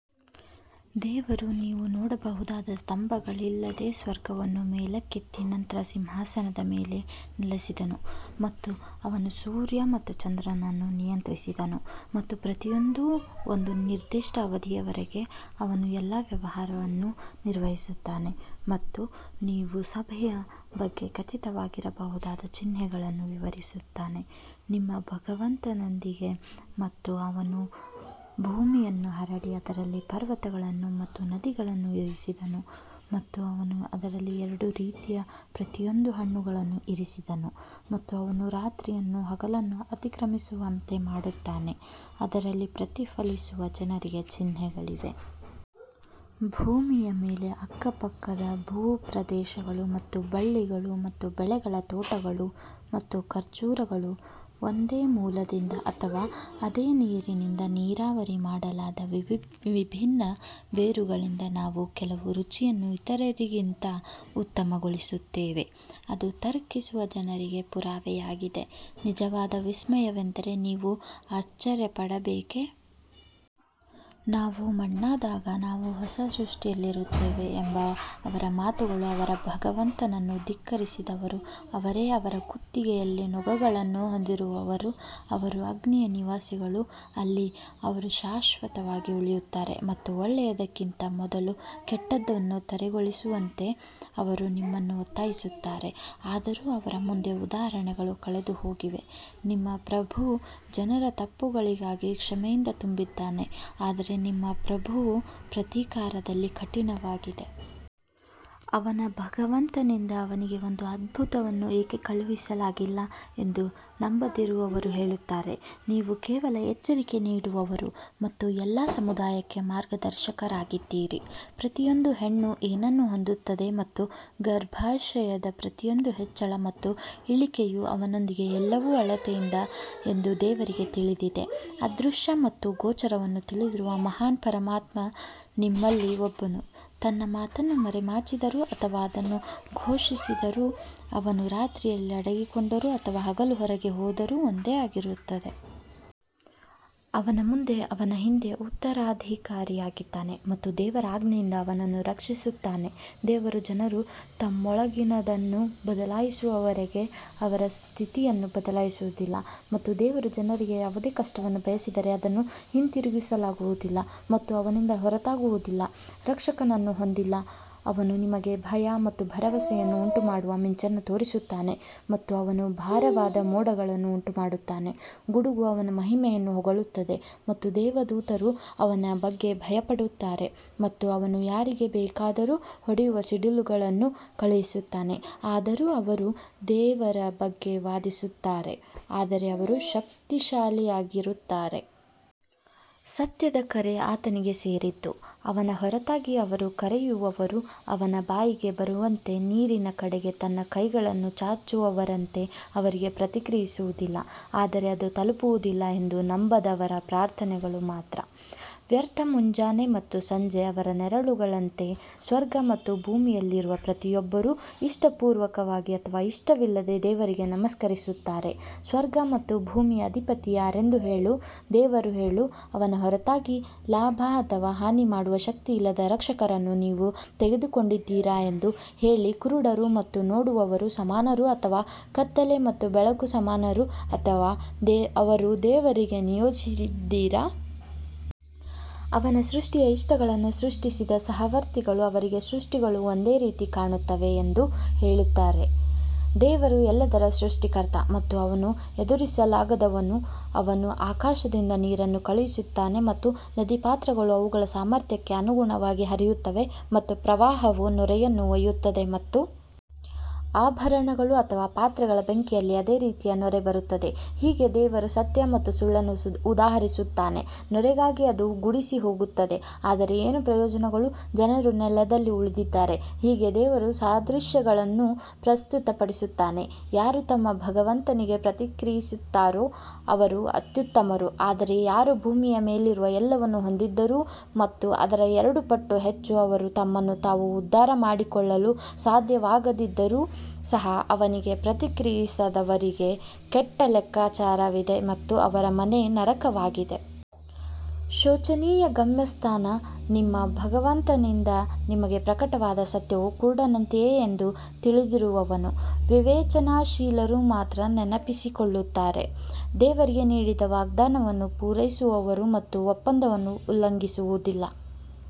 ದೇವರು ನೀವು ನೋಡಬಹುದಾದ ಸ್ತಂಭಗಳಿಲ್ಲದೆ ಸ್ವರ್ಗವನ್ನು ಮೇಲಕ್ಕೆತ್ತಿ ನಂತರ ಸಿಂಹಾಸನದ ಮೇಲೆ ನೆಲೆಸಿದನು ಮತ್ತು ಅವನು ಸೂರ್ಯ ಮತ್ತು ಚಂದ್ರನನ್ನು ನಿಯಂತ್ರಿಸಿದನು ಮತ್ತು ಪ್ರತಿಯೊಂದೂ ಒಂದು ನಿರ್ದಿಷ್ಟ ಅವಧಿಯವರೆಗೆ ಅವನು ಎಲ್ಲಾ ವ್ಯವಹಾರಗಳನ್ನು ನಿರ್ವಹಿಸುತ್ತಾನೆ ಮತ್ತು ನೀವು ಸಭೆಯ ಬಗ್ಗೆ ಖಚಿತವಾಗಿರಬಹುದಾದ ಚಿಹ್ನೆಗಳನ್ನು ವಿವರಿಸುತ್ತಾನೆ. ನಿಮ್ಮ ಭಗವಂತನೊಂದಿಗೆ ಮತ್ತು ಅವನು ಭೂಮಿಯನ್ನು ಹರಡಿ ಅದರಲ್ಲಿ ಪರ್ವತಗಳನ್ನು ಮತ್ತು ನದಿಗಳನ್ನು ಇರಿಸಿದನು ಮತ್ತು ಅವನು ಅದರಲ್ಲಿ ಎರಡು ರೀತಿಯ ಪ್ರತಿಯೊಂದು ಹಣ್ಣುಗಳನ್ನು ಇರಿಸಿದನು ಮತ್ತು ಅವನು ರಾತ್ರಿಯನ್ನು ಹಗಲನ್ನು ಅತಿಕ್ರಮಿಸುವಂತೆ ಮಾಡುತ್ತಾನೆ, ಅದರಲ್ಲಿ ಪ್ರತಿಫಲಿಸುವ ಜನರಿಗೆ ಚಿಹ್ನೆಗಳಿವೆ. ಭೂಮಿಯ ಮೇಲೆ ಅಕ್ಕಪಕ್ಕದ ಭೂಪ್ರದೇಶಗಳು ಮತ್ತು ಬಳ್ಳಿಗಳು ಮತ್ತು ಬೆಳೆಗಳ ತೋಟಗಳು ಮತ್ತು ಖರ್ಜೂರಗಳು ಒಂದೇ ಮೂಲದಿಂದ ಅಥವಾ ಅದೇ ನೀರಿನಿಂದ ನೀರಾವರಿ ಮಾಡಲಾದ ವಿಭಿನ್ನ ಬೇರುಗಳಿಂದ ನಾವು ಕೆಲವು ರುಚಿಯನ್ನು ಇತರರಿಗಿಂತ ಉತ್ತಮಗೊಳಿಸುತ್ತೇವೆ, ಅದು ತರ್ಕಿಸುವ ಜನರಿಗೆ ಪುರಾವೆಯಾಗಿದೆ. ನಿಜವಾದ ವಿಸ್ಮಯವೆಂದರೆ ನೀವು ಆಶ್ಚರ್ಯಪಡಬೇಕೇ, ನಾವು ಮಣ್ಣಾದಾಗ ನಾವು ಹೊಸ ಸೃಷ್ಟಿಯಲ್ಲಿರುತ್ತೇವೆ ಎಂಬ ಅವರ ಮಾತುಗಳು ಅವರ ಭಗವಂತನನ್ನು ಧಿಕ್ಕರಿಸಿದವರು ಅವರೇ ಅವರ ಕುತ್ತಿಗೆಯಲ್ಲಿ ನೊಗಗಳನ್ನು ಹೊಂದಿರುವವರು ಅವರು ಅಗ್ನಿಯ ನಿವಾಸಿಗಳು ಅಲ್ಲಿ ಅವರು ಶಾಶ್ವತವಾಗಿ ಉಳಿಯುತ್ತಾರೆ ಮತ್ತು ಒಳ್ಳೆಯದಕ್ಕಿಂತ ಮೊದಲು ಕೆಟ್ಟದ್ದನ್ನು ತ್ವರೆಗೊಳಿಸುವಂತೆ ಅವರು ನಿಮ್ಮನ್ನು ಒತ್ತಾಯಿಸುತ್ತಾರೆ, ಆದರೂ ಅವರ ಮುಂದೆ ಉದಾಹರಣೆಗಳು ಕಳೆದುಹೋಗಿವೆ, ನಿಮ್ಮ ಪ್ರಭು ಜನರ ತಪ್ಪುಗಳಿಗಾಗಿ ಕ್ಷಮೆಯಿಂದ ತುಂಬಿದ್ದಾನೆ ಆದರೆ ನಿಮ್ಮ ಪ್ರಭುವು ಪ್ರತೀಕಾರದಲ್ಲಿ ಕಠಿಣವಾಗಿದೆ. ಅವನ ಭಗವಂತನಿಂದ ಅವನಿಗೆ ಒಂದು ಅದ್ಭುತವನ್ನು ಏಕೆ ಕಳುಹಿಸಲಾಗಿಲ್ಲ ಎಂದು ನಂಬದಿರುವವರು ಹೇಳುತ್ತಾರೆ, ನೀವು ಕೇವಲ ಎಚ್ಚರಿಕೆ ನೀಡುವವರು ಮತ್ತು ಎಲ್ಲಾ ಸಮುದಾಯಕ್ಕೆ ಮಾರ್ಗದರ್ಶಕರಾಗಿದ್ದೀರಿ. ಪ್ರತಿಯೊಂದು ಹೆಣ್ಣು ಏನನ್ನು ಹೊಂದುತ್ತದೆ ಮತ್ತು ಗರ್ಭಾಶಯದ ಪ್ರತಿಯೊಂದು ಹೆಚ್ಚಳ ಮತ್ತು ಇಳಿಕೆಯು ಅವನೊಂದಿಗೆ ಎಲ್ಲವೂ ಅಳತೆಯಿಂದ ಎಂದು ದೇವರಿಗೆ ತಿಳಿದಿದೆ ಅದೃಶ್ಯ ಮತ್ತು ಗೋಚರವನ್ನು ತಿಳಿದಿರುವ ಮಹಾನ್ ಪರಮಾತ್ಮ ನಿಮ್ಮಲ್ಲಿ ಒಬ್ಬನು ತನ್ನ ಮಾತನ್ನು ಮರೆಮಾಚಿದರೂ ಅಥವಾ ಅದನ್ನು ಘೋಷಿಸಿದರೂ ಅವನು ರಾತ್ರಿಯಲ್ಲಿ ಅಡಗಿಕೊಂಡರೂ ಅಥವಾ ಹಗಲು ಹೊರಗೆ ಹೋದರೂ ಒಂದೇ ಆಗಿರುತ್ತದೆ. ಅವನ ಮುಂದೆ ಅವನ ಹಿಂದೆ ಉತ್ತರಾಧಿಕಾರಿಯಿದ್ದಾನೆ ಮತ್ತು ದೇವರ ಆಜ್ಞೆಯಿಂದ ಅವನನ್ನು ರಕ್ಷಿಸುತ್ತಾನೆ ದೇವರು ಜನರು ತಮ್ಮೊಳಗಿನದನ್ನು ಬದಲಾಯಿಸುವವರೆಗೆ ಅವರ ಸ್ಥಿತಿಯನ್ನು ಬದಲಾಯಿಸುವುದಿಲ್ಲ ಮತ್ತು ದೇವರು ಜನರಿಗೆ ಯಾವುದೇ ಕಷ್ಟವನ್ನು ಬಯಸಿದರೆ ಅದನ್ನು ಹಿಂತಿರುಗಿಸಲಾಗುವುದಿಲ್ಲ ಮತ್ತು ಅವನಿಂದ ಹೊರತಾಗುವುದಿಲ್ಲ. ರಕ್ಷಕನನ್ನು ಹೊಂದಿಲ್ಲ ಅವನು ನಿಮಗೆ ಭಯ ಮತ್ತು ಭರವಸೆಯನ್ನು ಉಂಟುಮಾಡುವ ಮಿಂಚನ್ನು ತೋರಿಸುತ್ತಾನೆ ಮತ್ತು ಅವನು ಭಾರವಾದ ಮೋಡಗಳನ್ನು ಉಂಟುಮಾಡುತ್ತಾನೆ ಗುಡುಗು ಅವನ ಮಹಿಮೆಯನ್ನು ಹೊಗಳುತ್ತದೆ ಮತ್ತು ದೇವದೂತರು ಅವನ ಬಗ್ಗೆ ಭಯಪಡುತ್ತಾರೆ ಮತ್ತು ಅವನು ಯಾರಿಗೆ ಬೇಕಾದರೂ ಹೊಡೆಯುವ ಸಿಡಿಲುಗಳನ್ನು ಕಳುಹಿಸುತ್ತಾನೆ, ಆದರೂ ಅವರು ದೇವರ ಬಗ್ಗೆ ವಾದಿಸುತ್ತಾರೆ, ಆದರೆ ಅವರು ಶಕ್ತಿಶಾಲಿಯಾಗಿರುತ್ತಾರೆ. ಸತ್ಯದ ಕರೆ ಆತನಿಗೆ ಸೇರಿದ್ದು, ಅವನ ಹೊರತಾಗಿ ಅವರು ಕರೆಯುವವರು ಅವನ ಬಾಯಿಗೆ ಬರುವಂತೆ ನೀರಿನ ಕಡೆಗೆ ತನ್ನ ಕೈಗಳನ್ನು ಚಾಚುವವರಂತೆ ಅವರಿಗೆ ಪ್ರತಿಕ್ರಿಯಿಸುವುದಿಲ್ಲ ಆದರೆ ಅದು ತಲುಪುವುದಿಲ್ಲ ಎಂದು ನಂಬದವರ ಪ್ರಾರ್ಥನೆಗಳು ಮಾತ್ರ. ವ್ಯರ್ಥ ಮುಂಜಾನೆ ಮತ್ತು ಸಂಜೆ ಅವರ ನೆರಳುಗಳಂತೆ ಸ್ವರ್ಗ ಮತ್ತು ಭೂಮಿಯಲ್ಲಿರುವ ಪ್ರತಿಯೊಬ್ಬರೂ ಇಷ್ಟಪೂರ್ವಕವಾಗಿ ಅಥವಾ ಇಷ್ಟವಿಲ್ಲದೆ ದೇವರಿಗೆ ನಮಸ್ಕರಿಸುತ್ತಾರೆ ಸ್ವರ್ಗ ಮತ್ತು ಭೂಮಿಯ ಅಧಿಪತಿ ಯಾರೆಂದು ಹೇಳು ದೇವರು ಹೇಳು ಅವನ ಹೊರತಾಗಿ ಲಾಭ ಅಥವಾ ಹಾನಿ ಮಾಡುವ ಶಕ್ತಿಯಿಲ್ಲದ ರಕ್ಷಕರನ್ನು ನೀವು ತೆಗೆದುಕೊಂಡಿದ್ದೀರಾ ಎಂದು ಹೇಳಿ ಕುರುಡರು ಮತ್ತು ನೋಡುವವರು ಸಮಾನರು ಅಥವಾ ಕತ್ತಲೆ ಮತ್ತು ಬೆಳಕು ಸಮಾನರು ಅಥವಾ ಅವರು ದೇವರಿಗೆ ನಿಯೋಜಿಸಿದ್ದೀರಾ? ಅವನ ಸೃಷ್ಟಿಯ ಇಷ್ಟಗಳನ್ನು ಸೃಷ್ಟಿಸಿದ ಸಹವರ್ತಿಗಳು ಅವರಿಗೆ ಸೃಷ್ಟಿಗಳು ಒಂದೇ ರೀತಿ ಕಾಣುತ್ತವೆ ಎಂದು ಹೇಳುತ್ತಾರೆ ದೇವರು ಎಲ್ಲದರ ಸೃಷ್ಟಿಕರ್ತ ಮತ್ತು ಅವನು ಎದುರಿಸಲಾಗದವನು ಅವನು ಆಕಾಶದಿಂದ ನೀರನ್ನು ಕಳುಹಿಸುತ್ತಾನೆ ಮತ್ತು ನದಿಪಾತ್ರಗಳು ಅವುಗಳ ಸಾಮರ್ಥ್ಯಕ್ಕೆ ಅನುಗುಣವಾಗಿ ಹರಿಯುತ್ತವೆ ಮತ್ತು ಪ್ರವಾಹವು ನೊರೆಯನ್ನು ಒಯ್ಯುತ್ತದೆ ಮತ್ತು ಆಭರಣಗಳು ಅಥವಾ ಪಾತ್ರೆಗಳ ಬೆಂಕಿಯಲ್ಲಿ ಅದೇ ರೀತಿಯ ನೊರೆ ಬರುತ್ತದೆ, ಹೀಗೆ ದೇವರು ಸತ್ಯ ಮತ್ತು ಸುಳ್ಳನ್ನು ಉದಾಹರಿಸುತ್ತಾನೆ ನೊರೆಗಾಗಿ ಅದು ಗುಡಿಸಿಹೋಗುತ್ತದೆ ಆದರೆ ಏನು ಪ್ರಯೋಜನಗಳು ಜನರು ನೆಲದಲ್ಲಿ ಉಳಿದಿದ್ದಾರೆ ಹೀಗೆ ದೇವರು ಸಾದೃಶ್ಯಗಳನ್ನು ಪ್ರಸ್ತುತಪಡಿಸುತ್ತಾನೆ ಯಾರು ತಮ್ಮ ಭಗವಂತನಿಗೆ ಪ್ರತಿಕ್ರಿಯಿಸುತ್ತಾರೋ ಅವರು ಅತ್ಯುತ್ತಮರು ಆದರೆ ಯಾರು ಭೂಮಿಯ ಮೇಲಿರುವ ಎಲ್ಲವನ್ನೂ ಹೊಂದಿದ್ದರೂ ಮತ್ತು ಅದರ ಎರಡು ಪಟ್ಟು ಹೆಚ್ಚು ಅವರು ತಮ್ಮನ್ನು ತಾವು ಉದ್ಧಾರ ಮಾಡಿಕೊಳ್ಳಲು ಸಾಧ್ಯವಾಗದಿದ್ದರೂ ಸಹ ಅವನಿಗೆ ಪ್ರತಿಕ್ರಿಯಿಸದವರಿಗೆ ಕೆಟ್ಟ ಲೆಕ್ಕಾಚಾರವಿದೆ ಮತ್ತು ಅವರ ಮನೆ ನರಕವಾಗಿದೆ. ಶೋಚನೀಯ ಗಮ್ಯಸ್ಥಾನ ನಿಮ್ಮ ಭಗವಂತನಿಂದ ನಿಮಗೆ ಪ್ರಕಟವಾದ ಸತ್ಯವು ಕುರುಡನಂತೆಯೇ ಎಂದು ತಿಳಿದಿರುವವನು ವಿವೇಚನಾಶೀಲರು ಮಾತ್ರ ನೆನಪಿಸಿಕೊಳ್ಳುತ್ತಾರೆ ದೇವರಿಗೆ ನೀಡಿದ ವಾಗ್ದಾನವನ್ನು ಪೂರೈಸುವವರು ಮತ್ತು ಒಪ್ಪಂದವನ್ನು ಉಲ್ಲಂಘಿಸುವುದಿಲ್ಲ.